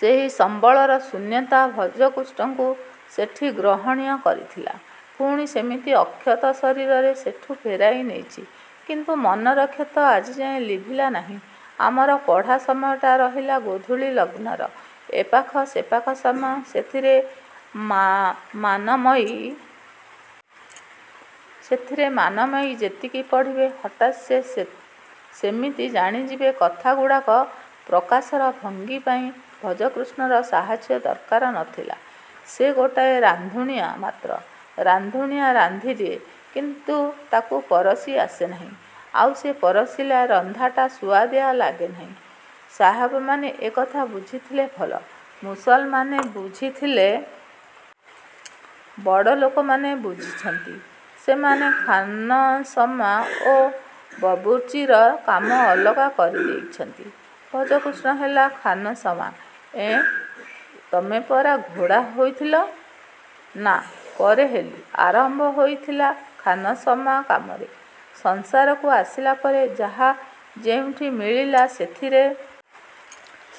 ସେହି ସମ୍ବଳର ଶୂନ୍ୟତା ଭଜକୃଷ୍ଣକୁ ସେଠି ଗ୍ରହଣୀୟ କରିଥିଲା। ପୁଣି ସେମିତି ଅକ୍ଷତ ଶରୀରରେ ସେଠୁ ଫେରାଇ ନେଇଛି; କିନ୍ତୁ ମନର କ୍ଷତ ଆଜିଯାଏ ଲିଭିଲା ନାହିଁ। ଆମର ପଢ଼ା ସମୟଟା ରହିଲା ଗୋଧୂଳି ଲଗ୍ନର ଏପାଖ-ସେପାଖ ସମୟ। ସେଥିରେ ମାନମୟୀ ଯେତିକି ପଢ଼ିବେ। ହଠାତ୍ ସେ ଯେମିତି ଜାଣିଯିବେ କଥାଗୁଡ଼ାକ। ପ୍ରକାଶର ଭଙ୍ଗୀ ପାଇଁ ଭଜକୃଷ୍ଣର ସାହାଯ୍ୟ ଦରକାର ନ ଥିଲା। ସେ ଗୋଟାଏ ରାନ୍ଧୁଣିଆ ମାତ୍ର। ରାନ୍ଧୁଣିଆ ରାନ୍ଧି ଦିଏ; କିନ୍ତୁ ତାକୁ ପରସି ଆସେ ନାହିଁ। ଆଉ ସେ ପରସିଲେ ରନ୍ଧାଟା ସୁଆଦିଆ ଲାଗେ ନାହିଁ। ସାହାବମାନେ ଏ କଥା ବୁଝିଥିଲେ ଭଲ। ମୁସଲମାନମାନେ ବୁଝିଥିଲେ-। ବଡ଼ଲୋକମାନେ ବୁଝିଛନ୍ତି-ସେମାନେ ଖାନସମା ଓ ବବୁର୍ଚ୍ଚିର କାମ ଅଲଗା କରି ଦେଇଛନ୍ତି-। ଭଜକୃଷ୍ଣ ହେଲା ଖାନସମା। -ଏଁ ତମେ ପରା ଘୋଡ଼ା ହେଇଥିଲ। -ନା, ପରେ ହେଲି। ଆରମ୍ଭ ହୋଇଥିଲା ଖାନସମା କାମରେ। ସଂସାରକୁ ଆସିଲା ପରେ ଯାହା ଯେଉଁଠି ମିଳିଲା ସେଥିରେ ବାଛ ବିଚାର ଆରମ୍ଭ କଲେ ସୁବିଧା ହୁଏ ନାହିଁ।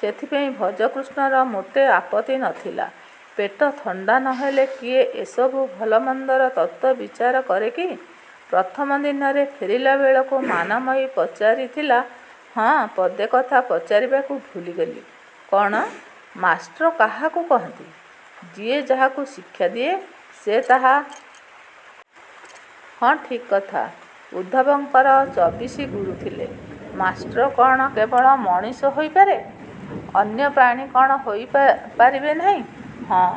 ସେଥିପାଇଁ ଭଜକୃଷ୍ଣର ମୋଟେ ଆପତ୍ତି ନ ଥିଲା। ପେଟ ଥଣ୍ଡା ନ ହେଲେ କିଏ ଏସବୁ ଭଲମନ୍ଦର ତତ୍ତ୍ୱ ବିଚାର କରେ କି? ପ୍ରଥମ ଦିନରେ ଫେରିଲା ବେଳକୁ ମାନମୟୀ ପଚାରିଥିଲା-ହଁ, ପଦେ କଥା ପଚାରିବାକୁ ଭୁଲିଗଲି। -କ'ଣ? -ମାଷ୍ଟ୍ର କାହାକୁ କହନ୍ତି? -ଯିଏ ଯାହାକୁ ଶିକ୍ଷା ଦିଏ, ସେ ତାହାର ମାଷ୍ଟ୍ର। -ହଁ, ଠିକ୍ କଥା। -ଉଦ୍ଧବଙ୍କର ଚବିଶି ଗୁରୁ ଥିଲେ। ମାଷ୍ଟ୍ର କ'ଣ କେବଳ ମଣିଷ ହୋଇପାରେ? ଅନ୍ୟ ପ୍ରାଣୀ କ'ଣ ହୋଇ ପାରିବେ ନାହିଁ? -ହଁ,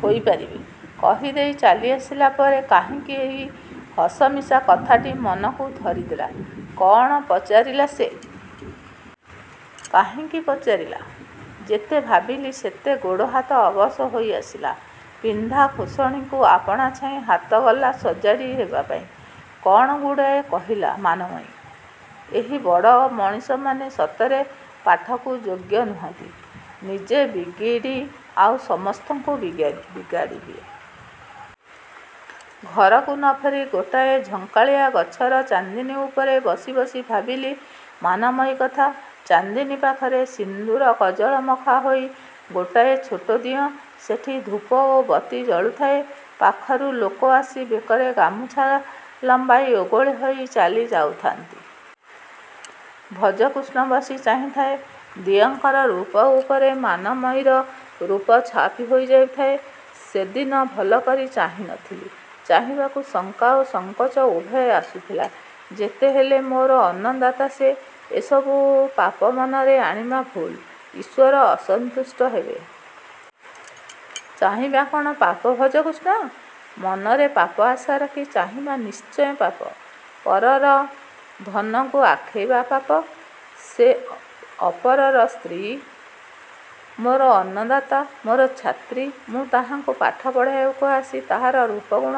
ହୋଇ ପାରିବେ। କହି ଦେଇ ଚାଲିଆସିଲା ପରେ କାହିଁକି ଏହି ହସମିଶା କଥାଟି ମନକୁ ଧରିଦେଲା। କ'ଣ ପଚାରିଲା ସେ? କାହିଁକି ପଚାରିଲା? ଯେତେ ଭାବିଲି ସେତେ ଗୋଡ଼ ହାତ ଅବଶ ହୋଇ ଆସିଲା। ପିନ୍ଧା। ଖୋସଣିକୁ ଆପଣା ଛାଏଁ ହାତ ଗଲା ସଜାଡ଼ି ହେବା ପାଇଁ। କ'ଣ ଗୁଡ଼ାଏ କହିଲା-ମାନମୟୀ? ଏହି ବଡ଼ ମଣିଷମାନେ ସତରେ ପାଠକୁ ଯୋଗ୍ୟ ନୁହନ୍ତି। ନିଜେ ବିଗିଡ଼ା ଆଉ ସମସ୍ତଙ୍କୁ ବିଗାଡ଼ିବେ। ଘରକୁ ନ ଫେରି ଗୋଟାଏ ଝଙ୍କାଳିଆ ଗଛର ଚାନ୍ଦିନୀ ଉପରେ ବସି ବସି ଭାବିଲି ମାନମୟୀ କଥା। ଚାନ୍ଦିନୀ ପାଖରେ ସିନ୍ଦୁର କଜଳ ମଖା ହୋଇ ଗୋଟାଏ ଛୋଟ ଦିଅଁ-ସେଠି ଧୂପ ଓ ବତୀ ଜଳୁଥାଏ। ପାଖରୁ ଲୋକ ଆସି ବେକରେ ଗାମୁଛା ଲମ୍ବାଇ ଓଳଗି ହେଇ ଚାଲିଯାଉଥାନ୍ତି। ଭଜକୃଷ୍ଣ ବସି ଚାହିଁଥାଏ। ଦିଅଁଙ୍କର ରୂପ ଉପରେ ମାନମୟୀର ରୂପ ଛାପି ହୋଇ ଯାଉଥାଏ। ସେଦିନ ଭଲକରି ଚାହିଁ ନ ଥିଲି। ଚାହିଁବାକୁ ଶଙ୍କା ଓ ସଙ୍କୋଚ ଉଭୟ ଆସୁଥାଏ। ଯେତେହେଲେ ମୋର ଅନ୍ନଦାତା ସେ। ଏସବୁ ପାପ ମନରେ ଆଣିବା ଭୁଲ୍। ଈଶ୍ୱର ଅସନ୍ତୁଷ୍ଟ ହେବେ। -ଚାହିଁବା କ'ଣ ପାପ ଭଜକୃଷ୍ଣ? -ମନରେ ପାପ ଆଶା ରଖି ଚାହିଁବା ନିଶ୍ଚୟ ପାପ। ପରର ଧନକୁ ଆଖେଇବା ପାପ। ସେ ଅପରର ସ୍ତ୍ରୀ। ମୋର ଅନ୍ନଦାତା। ମୋର ଛାତ୍ରୀ। ମୁଁ ତାହାକୁ ପାଠ ପଢ଼ାଇବାକୁ ଆସି ତାହାର ରୂପଗୁଣ,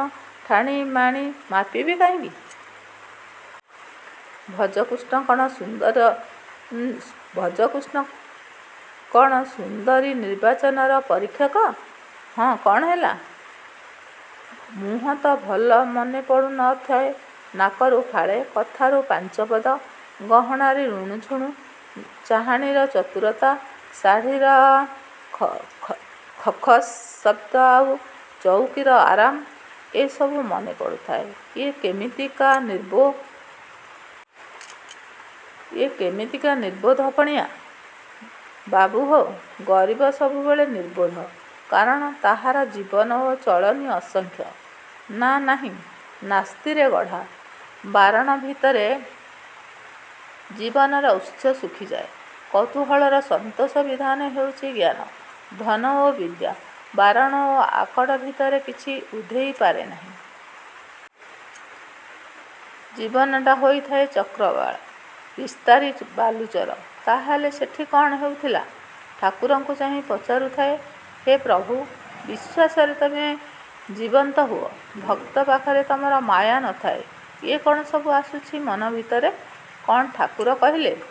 ଠାଣି ମାଣି ମାପିବି କାହିଁକି? ଭଜକୃଷ୍ଣ କ'ଣ ସୁନ୍ଦରୀ ନିର୍ବାଚନର ପରୀକ୍ଷକ? -ହଁ, କ'ଣ ହେଲା? -ମୁହଁ ତ ଭଲ ମନେ ପଡ଼ୁ ନ ଥାଏ। ନାକରୁ ଫାଳେ, କଥାରୁ ପାଞ୍ଚପଦ, ଗହଣାରେ ରୁଣୁଝୁଣୁ, ଚାହାଣୀର ଚତୁରତା, ଶାଢ଼ୀର ଖସ୍ଖସ୍ ଶବ୍ଦ ଆଉ ଚଉକିର ଆରାମ-ଏ ସବୁ ମନେ ପଡ଼ୁଥାଏ। -ଇଏ କେମିତିକା ନିର୍ବୋଧ-ପଣିଆ? -ବାବୁ ହେ! ଗରିବ ସବୁବେଳେ ନିର୍ବୋଧ। କାରଣ ତାହାର ଜୀବନ ଓ ଚଳନି ଅସଂଖ୍ୟ ନା-ନାହିଁ-ନାସ୍ତିରେ ଗଢ଼ା। ବାରଣ ଭିତରେ ଜୀବନର ଉତ୍ସ ଶୁଖିଯାଏ। କୌତୂହଳର ସନ୍ତୋଷ ବିଧାନ ହେଉଛି ଜ୍ଞାନ, ଧନ ଓ ବିଦ୍ୟା। ବାରଣ ଓ ଆକଟ ଭିତରେ କିଛି ଉଧେଇ ପାରେ ନାହିଁ। ଜୀବନଟା ହୋଇଥାଏ ଚକ୍ରବାଳ-ବିସ୍ତାରି ବାଲୁଚର। -ତାହାହେଲେ ସେଠି କ'ଣ ହେଉଥିଲା? -ଠାକୁରଙ୍କୁ ଚାହିଁ ପଚାରୁଥାଏ-ହେ ପ୍ରଭୁ, ବିଶ୍ୱାସରେ ତମେ ଜୀବନ୍ତ ହୁଅ। ଭକ୍ତ ପାଖରେ ତମର ମାୟା ନ ଥାଏ। ଇଏ କ'ଣ ସବୁ ଆସୁଛି ମନ ଭିତରେ? -କ'ଣ ଠାକୁର କହିଲେ? -ଠାକୁର କହିବେ କ'ଣ?